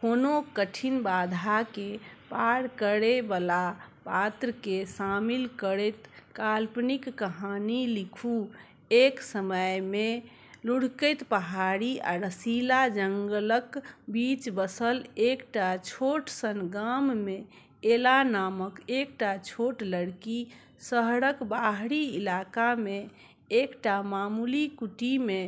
कोनो कठिन बाधाके पार करैबला पात्रके शामिल करैत काल्पनिक कहानी लिखू । एक समयमे लुढ़कैत पहाड़ी आ रसीला जंगलक बीच बसल एकटा छोट सन गाममे एला नामक एकटा छोट लड़की, शहरक बाहरी इलाकामे एकटा मामूली कुटीमे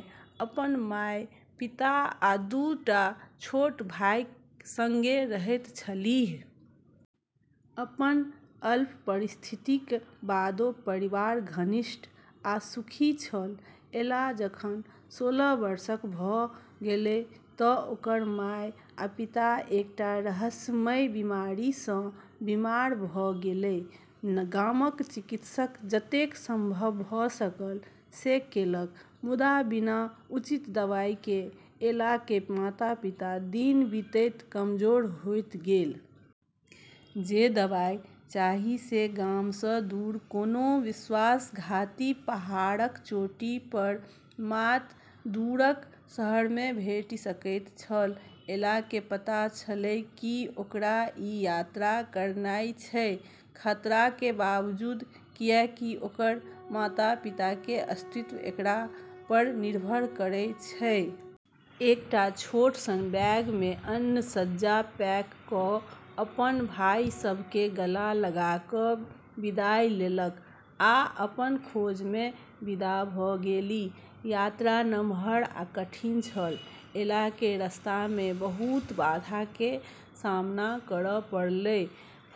अपन माय, पिता आ दू टा छोट भाइक सङ्ग रहैत छलीह । अपन अल्प परिस्थितिक बादो परिवार घनिष्ठ आ सुखी छल। एला जखन सोलह वर्षक भ' गेलै त' ओकर माय आ पिता एकटा रहस्यमयी बीमारी सँ बीमार भ' गेलै। गामक चिकित्सक जतेक संभव भ' सकल से केलक, मुदा बिना उचित दवाइके एलाके माता-पिता दिन बीतैत कमजोर होइत गेल । जे दवाइ चाही से गामसँ दूर, कोनो विश्वासघाती पहाड़क चोटी पर मात्र दूरक शहरमे भेटि सकैत छल। एलाके पता छलै कि ओकरा ई यात्रा करनाइ छै, खतराके बावजूद, किएकि ओकर माता-पिताके अस्तित्व एकरा पर निर्भर करै छै। एकटा छोट सन बैगमे अन्न-सज्जा पैक क' अपन भाइ सभकेँ गला लगा क' विदाई लेलक आ अपन खोजमे विदा भ' गेलि। यात्रा नमहर आ कठिन छल। एलाके रस्तामे बहुत बाधाके सामना करऽ पड़लै: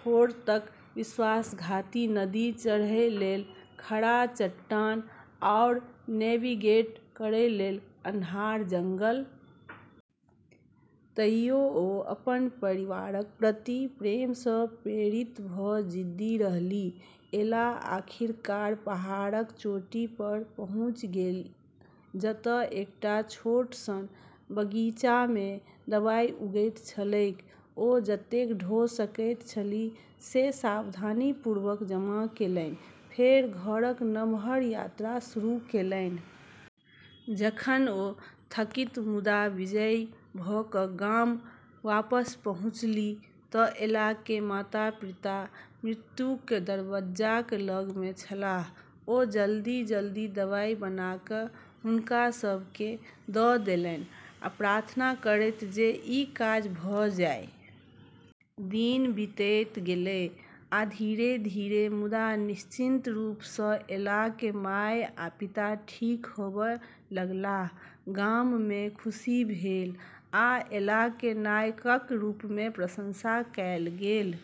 फोर्ड तक विश्वासघाती नदी, चढ़ै लेल खड़ा चट्टान, आओर नेविगेट करै लेल अन्हार जंगल । तइयो ओ अपन परिवारक प्रति प्रेमसँ प्रेरित भऽ जिद्दी रहलीह। एला आखिरकार पहाड़क चोटी पर पहुँचि गेल, जतय एकटा छोट सन बगीचामे दवाई उगैत छलैक। ओ जतेक ढो सकैत छलीह से सावधानीपूर्वक जमा केलनि, फेर घरक नमहर यात्रा शुरू केलनि। जखन ओ थकित मुदा विजयी भ' क' गाम वापस पहुँचलीह त' एला'क माता-पिता मृत्युक दरबज्जाक लग मे छलाह । ओ जलदी - जलदी दवाइ बना क' हुनका सभकेँ द' देलनि, प्रार्थना करैत जे ई काज भ' जाइ । दिन बीतैत गेलै, आ धीरे-धीरे मुदा निश्चित रूपसँ एलाके माय आ पिता ठीक होबय लगलाह। गाममे खुशी भेल, आ एलाकेँ नायकक रूपमे प्रशंसा कयल गेल।